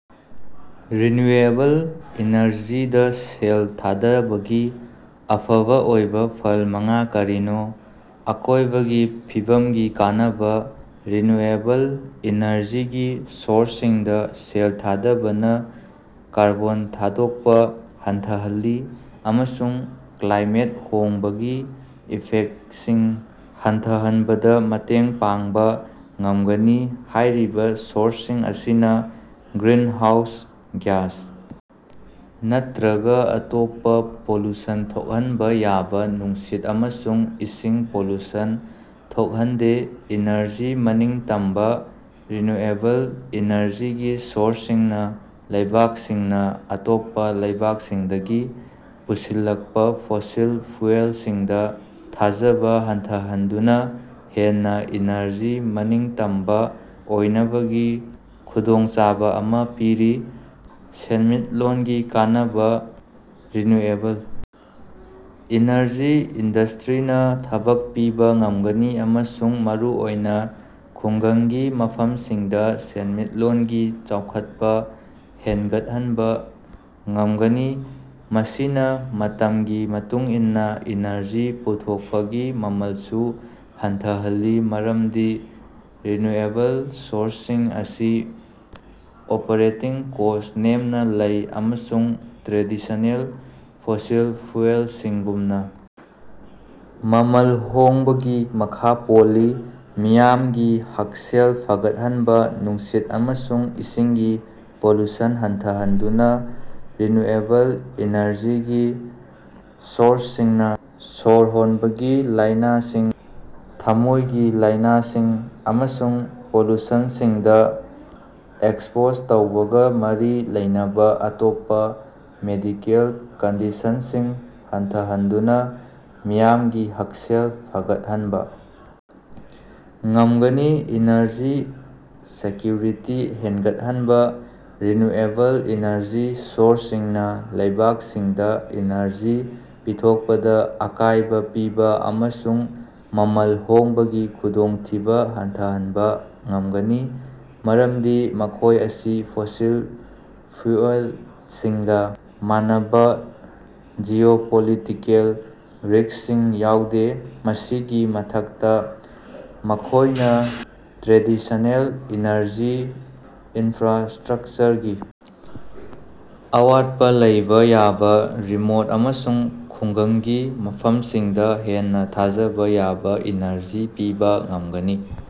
Renewable ꯏꯅꯔꯖꯤꯗ ꯁꯦꯜ ꯊꯥꯗꯕꯒꯤ ꯑꯐꯕ ꯑꯣꯏꯕ ꯐꯜ ꯃꯉꯥ ꯀꯔꯤꯅꯣ? ꯑꯀꯣꯢꯕꯒꯤ ꯐꯤꯕꯝꯒꯤ ꯀꯥꯟꯅꯕ: ꯔꯤꯅ꯭ꯌꯨꯑꯦꯕꯜ ꯏꯅꯔꯖꯤꯒꯤ ꯁꯣꯔꯁꯁꯤꯡꯗ ꯁꯦꯜ ꯊꯥꯗꯕꯅ ꯀꯥꯔꯕꯣꯟ ꯊꯥꯗꯣꯛꯄ ꯍꯟꯊꯍꯜꯂꯤ ꯑꯃꯁꯨꯡ ꯀ꯭ꯂꯥꯏꯃꯦꯠ ꯍꯣꯡꯕꯒꯤ ꯏꯐꯦꯛꯇꯁꯤꯡ ꯍꯟꯊꯍꯟꯕꯗ ꯃꯇꯦꯡ ꯄꯥꯡꯕ ꯉꯝꯒꯅꯤ꯫ ꯍꯥꯢꯔꯤꯕ ꯁꯣꯔꯁꯁꯤꯡ ꯑꯁꯤꯅ ꯒ꯭ꯔꯤꯟꯍꯥꯎꯁ ꯒ꯭ꯌꯥꯁ ꯅꯠꯇ꯭ꯔꯒ ꯑꯇꯣꯞꯄ ꯄꯣꯂꯨꯁꯟ ꯊꯣꯛꯍꯟꯕ ꯌꯥꯕ ꯅꯨꯡꯁꯤꯠ ꯑꯃꯁꯨꯡ ꯏꯁꯤꯡ ꯄꯣꯂꯨꯁꯟ ꯊꯣꯛꯍꯟꯗꯦ꯫ ꯏꯅꯔꯖꯤ ꯃꯅꯤꯡꯇꯝꯕꯥ: ꯔꯤꯅ꯭ꯌꯨꯑꯦꯕꯜ ꯏꯅꯔꯖꯤꯒꯤ ꯁꯣꯔꯁꯁꯤꯡꯅ ꯂꯩꯕꯥꯛꯁꯤꯡꯅ ꯑꯇꯣꯞꯄ ꯂꯩꯕꯥꯛꯁꯤꯡꯗꯒꯤ ꯄꯨꯁꯤꯜꯂꯛꯄ ꯐꯣꯁꯤꯜ ꯐ꯭ꯌꯨꯑꯦꯜꯁꯤꯡꯗ ꯊꯥꯖꯕ ꯍꯟꯊꯍꯟꯗꯨꯅ ꯍꯦꯟꯅ ꯏꯅꯔꯖꯤ ꯃꯅꯤꯡꯇꯝꯕ ꯑꯣꯏꯅꯕꯒꯤ ꯈꯨꯗꯣꯡꯆꯥꯕ ꯑꯃ ꯄꯤꯔꯤ꯫ ꯁꯦꯟꯃꯤꯠꯂꯣꯟꯒꯤ ꯀꯥꯟꯅꯕ: ꯔꯤꯅ꯭ꯌꯨꯑꯦꯕꯜ ꯏꯅꯔꯖꯤ ꯏꯟꯗꯁꯇ꯭ꯔꯤꯅ ꯊꯕꯛ ꯄꯤꯕ ꯉꯝꯒꯅꯤ ꯑꯃꯁꯨꯡ ꯃꯔꯨꯑꯣꯏꯅ ꯈꯨꯡꯒꯪꯒꯤ ꯃꯐꯝꯁꯤꯡꯗ ꯁꯦꯟꯃꯤꯠꯂꯣꯟꯒꯤ ꯆꯥꯎꯈꯠꯄ ꯍꯦꯟꯒꯠꯍꯟꯕ ꯉꯝꯒꯅꯤ꯫ ꯃꯁꯤꯅ ꯃꯇꯝꯒꯤ ꯃꯇꯨꯡ ꯏꯟꯅ ꯏꯅꯔꯖꯤ ꯄꯨꯊꯣꯛꯄꯒꯤ ꯃꯃꯜꯁꯨ ꯍꯟꯊꯍꯜꯂꯤ ꯃꯔꯝꯗꯤ ꯔꯤꯅ꯭ꯌꯨꯑꯦꯕꯜ ꯁꯣꯔꯁꯁꯤꯡ ꯑꯁꯤ ꯑꯣꯄꯔꯦꯇꯤꯡ ꯀꯣꯁꯠ ꯅꯦꯝꯅꯥ ꯂꯩ ꯑꯃꯁꯨꯡ ꯇ꯭ꯔꯦꯗꯤꯁꯅꯦꯜ ꯐꯣꯁꯤꯜ ꯐ꯭ꯌꯨꯑꯦꯜꯁꯤꯡꯒꯨꯝꯅ ꯃꯃꯜ ꯍꯣꯡꯕꯒꯤ ꯃꯈꯥ ꯄꯣꯜꯂꯤ꯫ ꯃꯤꯌꯥꯝꯒꯤ ꯍꯛꯁꯦꯜ ꯐꯒꯠꯍꯟꯕ: ꯅꯨꯡꯁꯤꯠ ꯑꯃꯁꯨꯡ ꯏꯁꯤꯡꯒꯤ ꯄꯣꯂꯨꯁꯟ ꯍꯟꯊꯍꯟꯗꯨꯅ ꯔꯤꯅ꯭ꯌꯨꯑꯦꯕꯜ ꯏꯅꯔꯖꯤꯒꯤ ꯁꯣꯔꯁꯁꯤꯡꯅ ꯁꯣꯔ ꯍꯣꯟꯕꯒꯤ ꯂꯥꯢꯅꯁꯤꯡ, ꯊꯃꯣꯢꯒꯤ ꯂꯥꯢꯅꯁꯤꯡ ꯑꯃꯁꯨꯡ ꯄꯣꯂꯨꯁꯟꯁꯤꯡꯗ ꯑꯦꯛꯁꯄꯣꯖ ꯇꯧꯕꯒ ꯃꯔꯤ ꯂꯩꯅꯕ ꯑꯇꯣꯞꯄ ꯃꯦꯗꯤꯀꯦꯜ ꯀꯟꯗꯤꯁꯟꯁꯤꯡ ꯍꯟꯊꯍꯟꯗꯨꯅ ꯃꯤꯌꯥꯝꯒꯤ ꯍꯛꯁꯦꯜ ꯐꯒꯠꯍꯟꯕ ꯉꯝꯒꯅꯤ꯫ ꯏꯅꯔꯖꯤ ꯁꯦꯀ꯭ꯌꯨꯔꯤꯇꯤ ꯍꯦꯟꯒꯠꯍꯟꯕ: ꯔꯤꯅ꯭ꯌꯨꯑꯦꯕꯜ ꯏꯅꯔꯖꯤ ꯁꯣꯔꯁꯁꯤꯡꯅ ꯂꯩꯕꯥꯛꯁꯤꯡꯗ ꯏꯅꯔꯖꯤ ꯄꯤꯊꯣꯛꯄꯗ ꯑꯀꯥꯢꯕ ꯄꯤꯕꯥ ꯑꯃꯁꯨꯡ ꯃꯃꯜ ꯍꯣꯡꯕꯒꯤ ꯈꯨꯗꯣꯡꯊꯤꯕ ꯍꯟꯊꯍꯟꯕ ꯉꯝꯒꯅꯤ ꯃꯔꯝꯗꯤ ꯃꯈꯣꯏ ꯑꯁꯤ ꯐꯣꯁꯤꯜ ꯐ꯭ꯌꯨꯑꯦꯜꯁꯤꯡꯒ ꯃꯥꯟꯅꯕ ꯖꯤꯑꯣꯄꯣꯂꯤꯇꯤꯀꯦꯜ ꯔꯤꯛꯁꯁꯤꯡ ꯌꯥꯎꯗꯦ꯫ ꯃꯁꯤꯒꯤ ꯃꯊꯛꯇ ꯃꯈꯣꯢꯅꯥ ꯇ꯭ꯔꯦꯗꯤꯁꯅꯦꯜ ꯏꯅꯔꯖꯤ ꯏꯅꯐ꯭ꯔꯥꯁꯇ꯭ꯔꯛꯆꯔꯒꯤ ꯑꯋꯥꯠꯄ ꯂꯩꯕꯥ ꯌꯥꯕ ꯔꯤꯃꯣꯠ ꯑꯃꯁꯨꯡ ꯈꯨꯡꯒꯪꯒꯤ ꯃꯐꯝꯁꯤꯡꯗ ꯍꯦꯟꯅ ꯊꯥꯖꯕ ꯌꯥꯕ ꯏꯅꯔꯖꯤ ꯄꯤꯕ ꯉꯝꯒꯅꯤ꯫